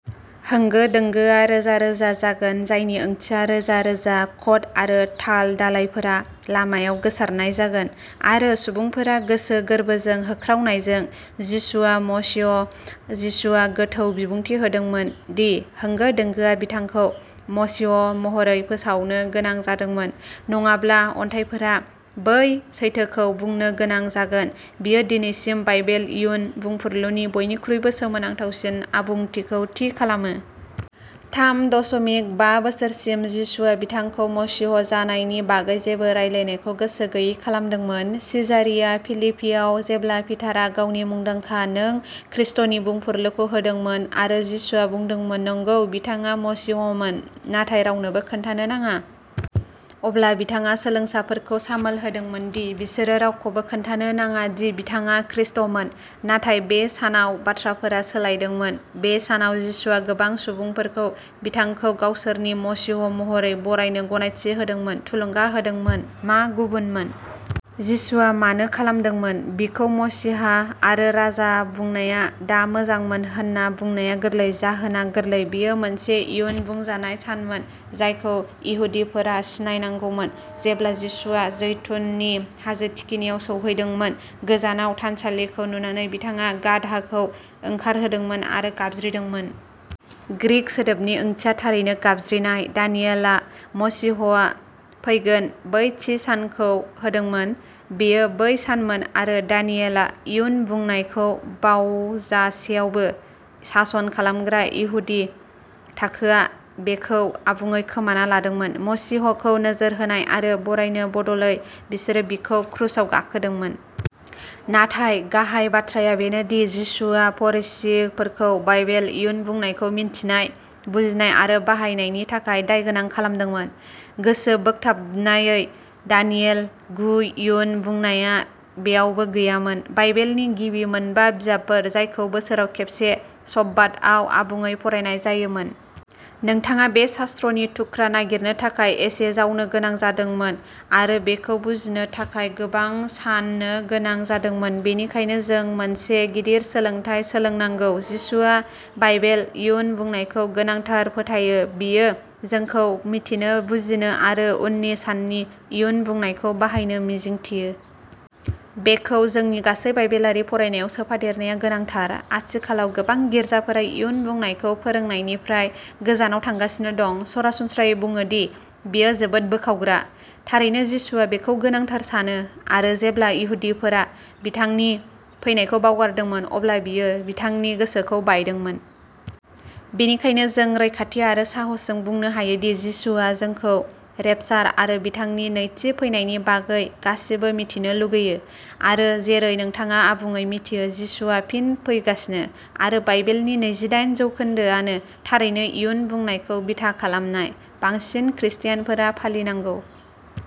होंगो-दोंगोआ रोजा रोजा जागोन जायनि ओंथिया रोजा-रोजा कट आरो ताल दालाइफोरा लामायाव गोसारनाय जागोन। आरो सुबुंफोरा गोसो गोर्बोजों होख्रावनायजों "जिसुआ मसीह" जिसुआ गोथौ बिबुंथि होदोंमोन दि होंगो-दोंगोआ बिथांखौ मसीह महरै फोसावनो गोनां जादोंमोन नङाब्ला अन्थाइफोरा बै सैथोखौ बुंनो गोनां जागोन बेयो दिनैसिम बाइबेल इयुन बुंफुरलुनि बयनिख्रुइबो सोमोनांथावसिन आबुंथिखौ थि खालामो। थाम दसमिक बा बोसोरसिम जिसुआ बिथांखौ मसीह जानायनि बागै जेबो रायलायनायखौ गोसो गैयै खालामदोंमोन। सिजारिया-फिलिपिआव, जेब्ला पिटारआ गावनि मुंदांखा नों ख्रिस्ट’नि बुंफुरलुखौ होदोंमोन, आरो जिसुआ बुंदोंमोन "नंगौ", बिथाङा मसीहमोन, नाथाय रावनोबो खोन्थानो नाङा। अब्ला बिथाङा सोलोंसाफोरखौ सामोल होदोंमोन दि बिसोरो रावखौबो खोन्थानो नाङा दि बिथाङा ख्रिस्ट’मोन। नाथाय बे सानाव बाथ्राफोरा सोलायदोंमोन। बे सानाव जिसुआ गोबां सुबुंफोरखौ बिथांखौ गावसोरनि मसीह महरै बरायनो गनायथि होदोंमोन, थुलुंगा होदोंमोन। मा गुबुनमोन? जिसुआ मानो खालामदोंमोन? बिखौ मसीहा आरो राजा बुंनाया दा मोजांमोन होनना बुंनाया गोरलै? जाहोना गोरलै। बेयो मोनसे इयुन बुंजानाय सानमोन जायखौ इहुदिफोरा सिनायनांगौमोन। जेब्ला जिसुआ जैतुननि हाजो थिखिनियाव सौहैदोंमोन, गोजानाव थानसालिखौ नुनानै, बिथाङा गाधाखौ ओंखारहोदोंमोन आरो गाबज्रिदोंमोन। ग्रीक सोदोबनि ओंथिया थारैनो गाबज्रिनाय दानियेलआ मसीहआ फैगोन बै थि सानखौ होदोंमोन। बेयो बै सानमोन आरो दानियेला इयुन बुंनायखौ बावजासेयावबो, सासन खालामग्रा इहुदि थाखोआ बेखौ आबुङै खोमाना लादोंमोन मसीहखौ नोजोर होनाय आरो बरायनो बदलै, बिसोरो बिखौ क्रुसाव गाखोदोंमोन। नाथाय गाहाय बाथ्राया बेनो दि जिसुआ फरिसीफोरखौ बाइबेल इयुन बुंनायखौ मिन्थिनाय, बुजिनाय आरो बाहायनायनि थाखाय दायगोनां खालामदोंमोन। गोसोबोगथाबनायै, दानियेल गु इयुन बुंनाया बेयावबो गैयामोन। बाइबेलनि गिबि मोनबा बिजाबफोर जायखौ बोसोराव खेबसे शब्बात आव आबुङै फरायनाय जायोमोन। नोंथाङा बे शास्त्रनि थुख्रा नागिरनो थाखाय एसे जावनो गोनां जादोंमोन आरो बेखौ बुजिनो थाखाय गोबां साननो गोनां जादोंमोन। बेनिखायनो जों मोनसे गिदिर सोलोंथाय सोलोंनांगौ जिसुआ बाइबेल इयुन बुंनायखौ गोनांथार फोथायो बियो जोंखौ मिथिनो बुजिनो आरो उननि साननि इयुन बुंनायखौ बाहायनो मिजिंथियो। बेखौ जोंनि गासै बाइबेलारि फरायनायाव सोफादेरनाया गोनांथार। आथिखालाव गोबां गिर्जाफोरा इयुन बुंनायखौ फोरोंनायनिफ्राय गोजानाव थांगासिनो दं सरासनस्रायै बुङो दि बेयो जोबोद बोखावग्रा। थारैनो जिसुआ बेखौ गोनांथार सानो। आरो जेब्ला इहुदिफोरा बिथांनि फैनायखौ बावगारदोंमोन अब्ला बियो बिथांनि गोसोखौ बायदोंमोन। बेनिखायनो जों रैखाथि आरो साहसजों बुंनो हायो दि जिसुआ जोंखौ रेपचार आरो बिथांनि नैथि फैनायनि बागै गासिबो मिथिनो लुगैयो। आरो जेरै नोंथाङा आबुङै मिथियो, जिसुआ फिन फैगासिनो आरो बाइबेलनि नैजिदाइन जौखोन्दोआनो थारैनो इयुन बुंनायखौ बिथा खालामनाय, बांसिन ख्रिस्टियानफोरा फालिनांगौ।